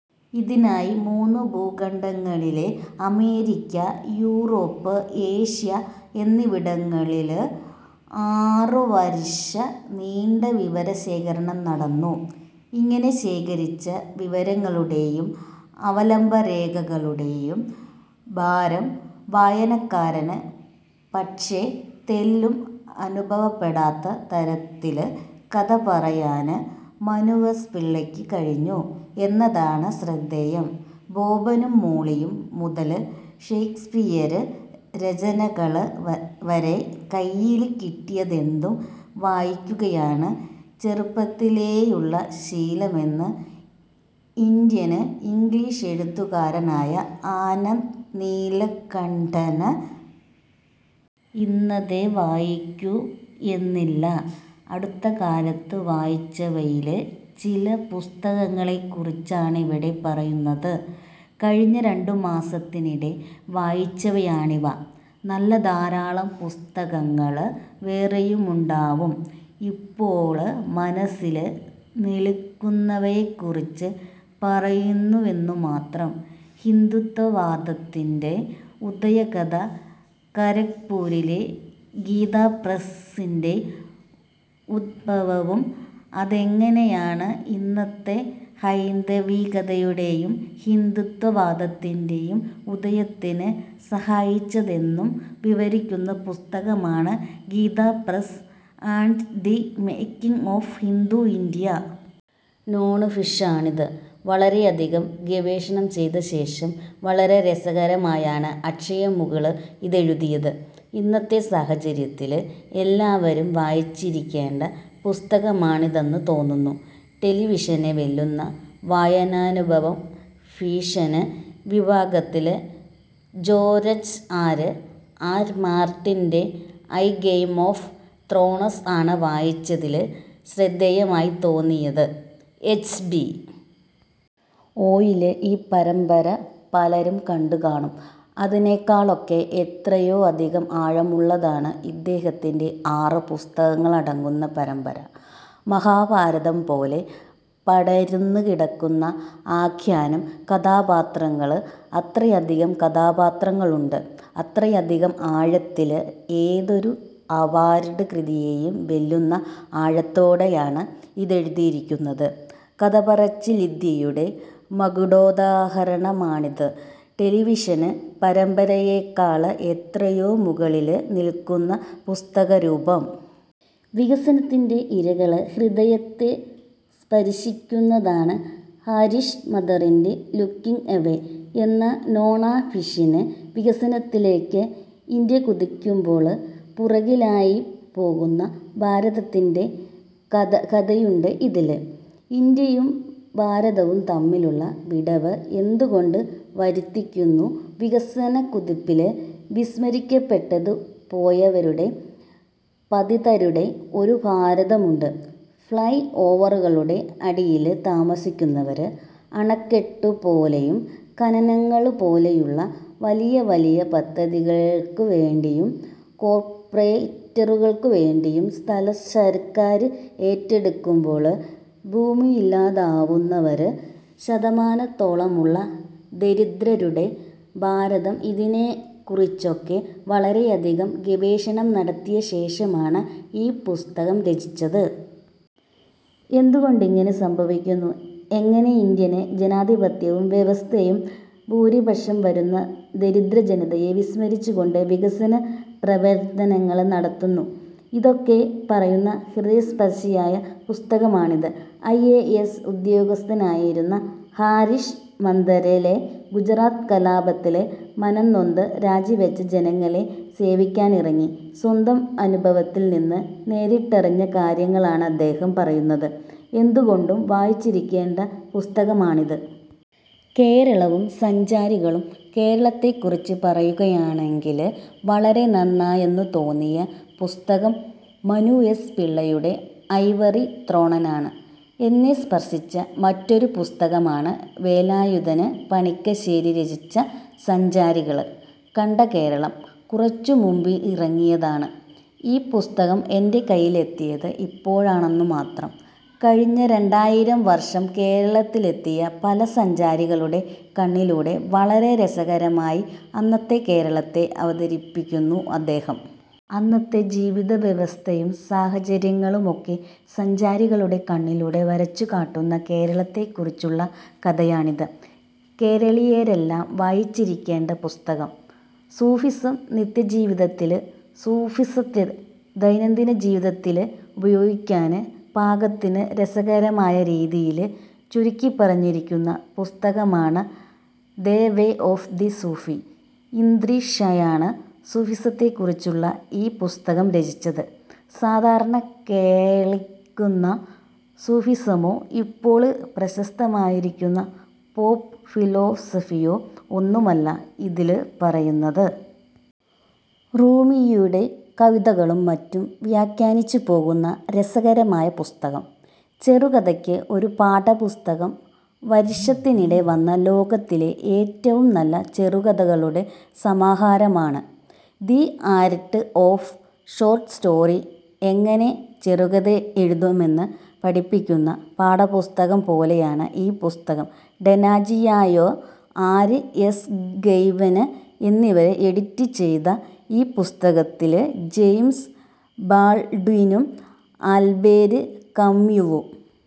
ഇതിനായി മൂന്ന് ഭൂഖണ്ഡങ്ങളില്അമേരിക്ക, Europe, Asia എന്നിവിടങ്ങളില്ആറുവര്ഷം നീണ്ട വിവരശേഖരണം നടന്നു. ഇങ്ങനെ ശേഖരിച്ച വിവരങ്ങളുടെയും അവലംബരേഖകളുടെയും ഭാരം വായനക്കാരന് പക്ഷേ, തെല്ലും അനുഭവപ്പെടാത്ത തരത്തില് കഥ പറയാന് മനു എസ്. പിള്ളയ്ക്ക് കഴിഞ്ഞു എന്നതാണ് ശ്രദ്ധേയം.. 'ബോബനും മോളിയും' മുതല് ഷേക്സ്പിയര് രചനകള് വരെ കൈയില്ക്കിട്ടിയതെന്തും വായിക്കുകയാണ് ചെറുപ്പത്തിലേയുള്ള ശീലമെന്ന് ഇന്ത്യന് ഇംഗ്ലീഷ് എഴുത്തുകാരനായ ആനന്ദ് നീലകണ്ഠന്. ഇന്നതേ വായിക്കൂ എന്നില്ല. അടുത്തകാലത്ത് വായിച്ചവയില് ചില പുസ്തകങ്ങളെക്കുറിച്ചാണിവിടെ പറയുന്നത്. കഴിഞ്ഞ രണ്ടുമാസത്തിനിടെ വായിച്ചവയാണിവ. നല്ല ധാരാളം പുസ്തകങ്ങള് വേറെയുമുണ്ടാവും. ഇപ്പോള് മനസില് നില്ക്കുന്നവയെക്കുറിച്ച് പറയുന്നുവെന്നുമാത്രം. ഹിന്ദുത്വ വാദത്തിന്റെ ഉദയകഥ ഖരഗ്പുരിലെ ഗീതാപ്രസ്സിന്റെ ഉദ്ഭവവും അതെങ്ങനെയാണ് ഇന്നത്തെ ഹൈന്ദവികതയുടെയും ഹിന്ദുത്വവാദത്തിന്റെയും ഉദയത്തിന് സഹായിച്ചതെന്നും വിവരിക്കുന്ന പുസ്തകമാണ് 'Gita Press and the making of Hindu India. ' നോണ്ഫിക്ഷനാണിത്. വളരെയധികം ഗവേഷണം ചെയ്തശേഷം, വളരെ രസകരമായാണ് അക്ഷയ മുകുള് ഇതെഴുതിയത്. ഇന്നത്തെ സാഹചര്യത്തില് എല്ലാവരും വായിച്ചിരിക്കേണ്ട പുസ്തകമാണിതെന്ന് തോന്നുന്നു. ടെലിവിഷനെ വെല്ലുന്ന വായനാനുഭവം ഫിക്ഷന് വിഭാഗത്തില് ജോര്ജ് ആര്. ആര്. മാര്ട്ടിന്റെ 'എ ഗെയിം ഓഫ് ത്രോണ്സ്' ആണ് വായിച്ചതില് ശ്രദ്ധേയമായിത്തോന്നിയത്. എച്ച്. ബി. ഒ. യില് ഈ പരമ്പര പലരും കണ്ടുകാണും. അതിനെക്കാളൊക്കെ എത്രയോ അധികം ആഴമുള്ളതാണ് ഇദ്ദേഹത്തിന്റെ ആറു പുസ്തകങ്ങളടങ്ങുന്ന പരമ്പര. മഹാഭാരതംപോലെ പടര്ന്നുകിടക്കുന്ന ആഖ്യാനം, കഥാപാത്രങ്ങള്. അത്രയധികം കഥാപാത്രങ്ങളുണ്ട്. അത്രയധികം ആഴത്തില്, ഏതൊരു അവാര്ഡ് കൃതിയെയും വെല്ലുന്ന ആഴത്തോടെയാണ് ഇതെഴുതിയിരിക്കുന്നത്. കഥപറച്ചില്വിദ്യയുടെ മകുടോദാഹരണമാണിത്. ടെലിവിഷന് പരമ്പരയെക്കാള് എത്രയോ മുകളില് നില്ക്കുന്നു പുസ്തകരൂപം. വികസനത്തിന്റെ ഇരകള് ഹൃദയത്തെ സ്പര്ശിക്കുന്നതാണ് ഹര്ഷ് മന്തറിന്റെ 'ലുക്കിങ് എവേ' എന്ന നോണ്ഫിക്ഷന്. വികസനത്തിലേക്ക് ഇന്ത്യ കുതിക്കുമ്പോള് പുറകിലായിപ്പോകുന്ന ഭാരതത്തിന്റെ കഥയുണ്ട് ഇതില്. ഇന്ത്യയും ഭാരതവും തമ്മിലുള്ള വിടവ് എന്തുകൊണ്ട് വര്ധിക്കുന്നു. വികസനക്കുതിപ്പില് വിസ്മരിക്കപ്പെട്ടുപോയവരുടെ, പതിതരുടെ ഒരു ഭാരതമുണ്ട്. ഫ്ളൈ ഓവറുകളുടെ അടിയില് താമസിക്കുന്നവര്, അണക്കെട്ടുപോലെയും ഖനനങ്ങള് പോലെയുമുള്ള വലിയവലിയ പദ്ധതികള്ക്കുവേണ്ടിയും കോര്പ്പറേറ്റുകള്ക്കുവേണ്ടിയും സ്ഥലം സര്ക്കാര് ഏറ്റെടുക്കുമ്പോള് ഭൂമിയില്ലാതാവുന്നവര്, ശതമാനത്തോളമുള്ള ദരിദ്രരുടെ ഭാരതം ഇതിനെക്കുറിച്ചൊക്കെ വളരെയധികം ഗവേഷണം നടത്തിയശേഷമാണ് ഈ പുസ്തകം രചിച്ചത്. എന്തുകൊണ്ടിങ്ങനെ സംഭവിക്കുന്നു, എങ്ങനെ ഇന്ത്യന് ജനാധിപത്യവും വ്യവസ്ഥയും ഭൂരിപക്ഷംവരുന്ന ദരിദ്രജനതയെ വിസ്മരിച്ചുകൊണ്ട് വികസന പ്രവര്ത്തനങ്ങള് നടത്തുന്നു ഇതൊക്കെ പറയുന്ന, ഹൃദയസ്പര്ശിയായ പുസ്തകമാണിത്. ഐ. എ. എസ്. ഉദ്യോഗസ്ഥനായിരുന്നു ഹര്ഷ് മന്തര്. ലെ ഗുജറാത്ത് കലാപത്തില് മനംനൊന്ത്, രാജിവെച്ച് ജനങ്ങളെ സേവിക്കാനിറങ്ങി. സ്വന്തം അനുഭവത്തില്നിന്ന് നേരിട്ടറിഞ്ഞ കാര്യങ്ങളാണ് അദ്ദേഹം പറയുന്നത്. എന്തുകൊണ്ടും വായിച്ചിരിക്കേണ്ട പുസ്തകമാണിത്. കേരളവും സഞ്ചാരികളും കേരളത്തെക്കുറിച്ച് പറയുകയാണെങ്കില്, വളരെ നന്നായെന്നുതോന്നിയ പുസ്തകം മനു എസ്. പിള്ളയുടെ 'ഐവറി ത്രോണാ'ണ്. എന്നെ സ്പര്ശിച്ച മറ്റൊരുപുസ്തകമാണ് വേലായുധന് പണിക്കശ്ശേരി രചിച്ച 'സഞ്ചാരികള് കണ്ട കേരളം. ' കുറച്ചുമുമ്പിറങ്ങിയതാണ് ഈ പുസ്തകം. എന്റെ കൈയിലെത്തിയത് ഇപ്പോഴാണെന്നുമാത്രം. കഴിഞ്ഞ രണ്ടായിരം വര്ഷം കേരളത്തിലെത്തിയ പല സഞ്ചാരികളുടെ കണ്ണിലൂടെ വളരെ രസകരമായി അന്നത്തെ കേരളത്തെ അവതരിപ്പിക്കുന്നു അദ്ദേഹം. അന്നത്തെ ജീവിതവ്യവസ്ഥയും സാഹചര്യങ്ങളുമൊക്കെ സഞ്ചാരികളുടെ കണ്ണിലൂടെ വരച്ചുകാട്ടുന്ന, കേരളത്തെക്കുറിച്ചുള്ള കഥയാണിത്. കേരളീയരെല്ലാം വായിച്ചിരിക്കേണ്ട പുസ്തകം. സൂഫിസം നിത്യജീവിതത്തില് സൂഫിസത്തെ ദൈനംദിനജീവിതത്തില് ഉപയോഗിക്കാന് പാകത്തിന് രസകരമായരീതിയില് ചുരുക്കിപ്പറഞ്ഞിരിക്കുന്ന പുസ്തകമാണ് 'the way of the Sufi'. Idries ഷായാണ് സൂഫിസത്തെക്കുറിച്ചുള്ള ഈ പുസ്തകം രചിച്ചത്. സാധാരണകേള്ക്കുന്ന സൂഫിസമോ ഇപ്പോള് പ്രശസ്തമായിരിക്കുന്ന പോപ്പ് ഫിലോസഫിയോ ഒന്നുമല്ല ഇതില് പറയുന്നത്. റൂമിയുടെ കവിതകളും മറ്റും വ്യാഖ്യാനിച്ചുപോകുന്ന രസകരമായ പുസ്തകം. ചെറുകഥയ്ക്ക് ഒരു പാഠപുസ്തകം വര്ഷത്തിനിടെ വന്ന, ലോകത്തിലെ ഏറ്റവും നല്ല ചെറുകഥകളുടെ സമാഹാരമാണ് 'the art of short story. ' എങ്ങനെ ചെറുകഥയെഴുതണമെന്ന് പഠിപ്പിക്കുന്ന പാഠപുസ്തകം പോലെയാണ് ഈ പുസ്തകം. ഡാനാജിയോയാ, ആര്. എസ്. ഗൈ്വന് എന്നിവര് എഡിറ്റ് ചെയ്ത ഈ പുസ്തകത്തില് ജെയിംസ് ബാള്ഡ്വിനും ആല്ബേര് കമ്യുവും